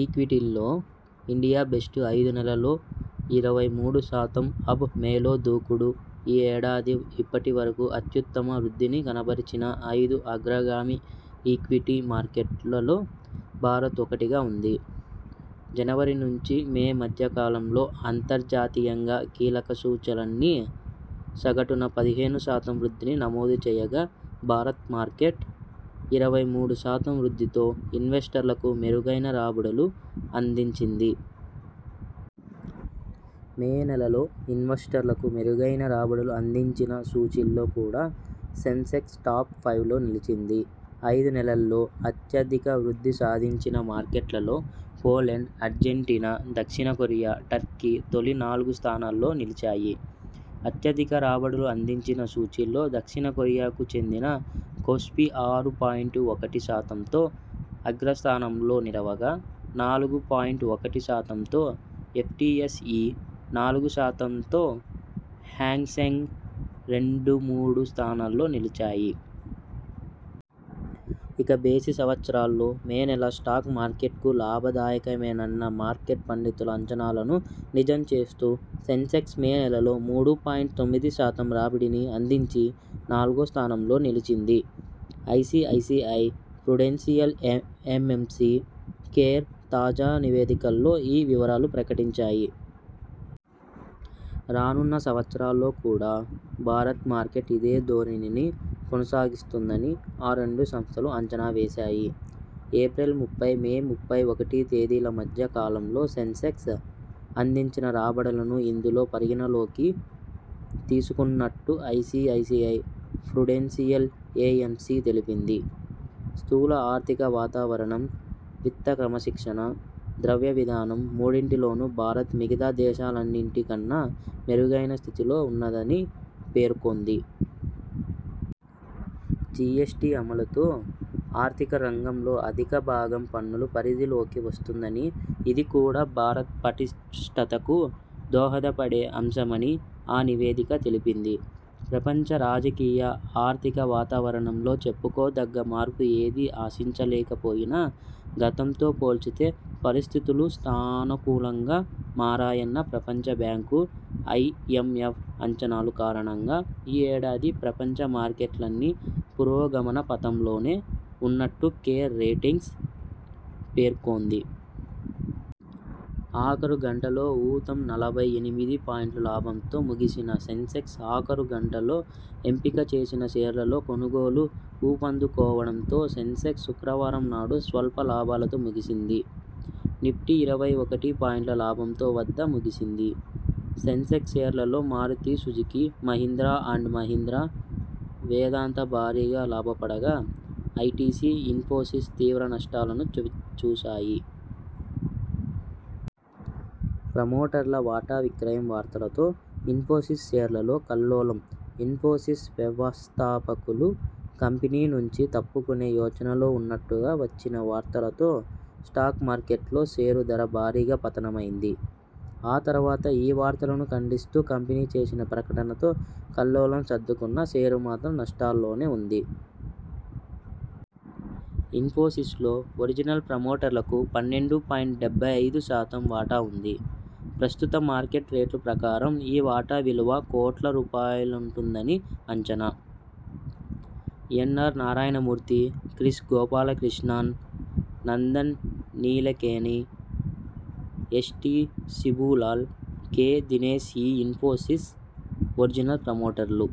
ఈక్విటీల్లో India best ఐదు నెలల్లో ఇరవై మూడు శాతం అప్ మేలో దూకుడు ఈ ఏడాది ఇప్పటివరకు అత్యుత్తమ వృద్ధిని కనబరిచిన ఐదు అగ్రగామి ఈక్విటీ మార్కెట్లలో భారత్ ఒకటిగా ఉంది. జనవరి నుంచి మే మధ్య కాలంలో అంతర్జాతీయంగా కీలక సూచీలన్నీ సగటున పదిహేను శాతం వృద్ధిని నమోదు చేయగా భారత మార్కెట్ ఇరవై మూడు శాతం వృద్ధితో ఇన్వెస్టర్లకు మెరుగైన రాబడులు అందించింది. మే నెలలో ఇన్వెస్టర్లకు మెరుగైన రాబడులు అందించిన సూచీల్లో కూడా సెన్సెక్స్ టాప్ ఫైవ్లో నిలిచింది. ఐదు నెలల్లో అత్యధిక వృద్ధి సాధించిన మార్కెట్లలో పోలెండ్, అర్జెంటీనా, దక్షిణ కొరియా, టర్కీ తొలి నాలుగు స్థానాల్లో నిలిచాయి. అత్యధిక రాబడులు అందించిన సూచీల్లో దక్షిణ కొరియాకు చెందిన కోస్పి ఆరు పాయింట్ ఒకటి శాతంతో అగ్రస్థానంలో నిలవగా నాలుగు పాయింట్ ఒకటి శాతంతో ఎఫ్టిఎస్ ఇ, నాలుగు శాతంతో హ్యాంగ్సెంగ్ రెండు మూడు స్థానాల్లో నిలిచాయి. ఇక బేసి సంవత్సరాల్లో మే నెల స్టాక్ మార్కెట్కు లాభదాయకమేనన్న మార్కెట్ పండితుల అంచనాలను నిజం చేస్తూ సెన్సెక్స్ మే నెలలో మూడు పాయింట్ తొమ్మిది శాతం రాబడిని అందించి నాలుగో స్థానంలో నిలిచింది. ఐసిఐసిఐ ప్రుడెన్షియల్ ఎఎంసి, కేర్ తాజా నివేదికల్లో ఈ వివరాలు ప్రకటించాయి. రానున్న సంవత్సరాల్లో కూడా భారత్ మార్కెట్ ఇదే ధోరణిని కొనసాగిస్తుందని ఆ రెండు సంస్థలు అంచనా వేశాయి. ఏప్రిల్ ముప్పై మే ముప్పై ఒకటి తేదీల మధ్య కాలంలో సెన్సెక్స్ అందించిన రాబడులను ఇందులో పరిగణనలోకి తీసుకున్నట్టు ఐసిఐసిఐ ప్రుడెన్షియల్ ఎఎంసి తెలిపింది. స్థూల ఆర్థిక వాతావరణం, విత్త క్రమశిక్షణ, ద్రవ్యవిధానం మూడింటిలోనూ భారత్ మిగతా దేశాలన్నింటి కన్నా మెరుగైన స్థితిలో ఉన్నదని పేర్కొంది. జిఎ్స టి అమలుతో ఆర్థిక రంగంలో అధిక భాగం పన్నుల పరిధిలోకి వస్తుందని, ఇది కూడా భారత్ పటిష్ఠతకు దోహదపడే అంశమని ఆ నివేదిక తెలిపింది. ప్రపంచ రాజకీయ, ఆర్థిక వాతావరణంలో చెప్పుకోదగ్గ మార్పు ఏదీ ఆశించలేకపోయినా గతంతో పోల్చితే పరిస్థితులు సానుకూలంగా మారాయన్న ప్రపంచబ్యాంకు, ఐఎంఎఫ్ అంచనాల కారణంగా ఈ ఏడాది ప్రపంచ మార్కెట్లన్నీ పురోగమన పథంలోనే ఉన్నట్టు కేర్ రేటింగ్స్ పేర్కొంది. ఆఖరు గంటలో ఊతం నలభై ఎనిమిది పాయింట్ల లాభంతో ముగిసిన సెన్సెక్స్ ఆఖరు గంటలో ఎంపిక చేసిన షేర్లలో కొనుగోళ్లు ఊపందుకోవడంతో సెన్సెక్స్ శుక్రవారం నాడు స్వల్ప లాభాలతో ముగిసింది. నిఫ్టీ ఇరవై ఒకటి పాయింట్ల లాభంతో వద్ద ముగిసింది. సెన్సెక్స్ షేర్లలో మారుతి సుజుకీ, మహీంద్రా అండ్ మహీంద్రా, వేదాంత భారీగా లాభపడగా ఐటిసి, ఇన్ఫోసిస్ తీవ్ర నష్టాలను చవిచూశాయి. ప్రమోటర్ల వాటా విక్రయం వార్తలతో ఇన్ఫోసిస్ షేర్లలో కల్లోలం ఇన్ఫోసిస్ వ్యవస్థాపకులు కంపెనీనుంచి తప్పుకునే యోచనలో ఉన్నట్టుగా వచ్చిన వార్తలతో స్టాక్మార్కెట్లో షేరు ధర భారీగా పతనమైంది. ఆ తర్వాత ఈ వార్తలను ఖండిస్తూ కంపెనీ చేసిన ప్రకటనతో కల్లోలం సర్దుకున్నా షేరు మాత్రం నష్టాల్లోనే ఉంది. ఇన్ఫోసిస్ లో ఒరిజినల్ ప్రమోటర్లకు పన్నెండు పాయింట్ డెబ్బై ఐదు శాతం వాటా ఉంది. ప్రస్తుత మార్కెట్ రేట్ ప్రకారం ఈ వాటా విలువ కోట్ల రూపాయలుంటుందని అంచనా. N R Narayana Murthy, Kris Gopalakrishnan, Nandan Nilekani, S D Shibulal, K Dinesh Infosys original ప్రమోటర్లు.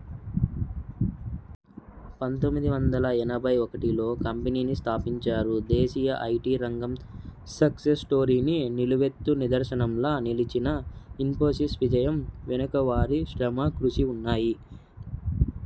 పంతొమ్మిది వందల ఎనభై ఒకటిలో కంపెనీని స్థాపించారు. దేశీయ ఐటి రంగం సక్సెస్ స్టోరీని నిలువెత్తు నిదర్శనంలా నిలిచిన ఇన్ఫోసిస్ విజయం వెనకవారి శ్రమ, కృషి ఉన్నాయి.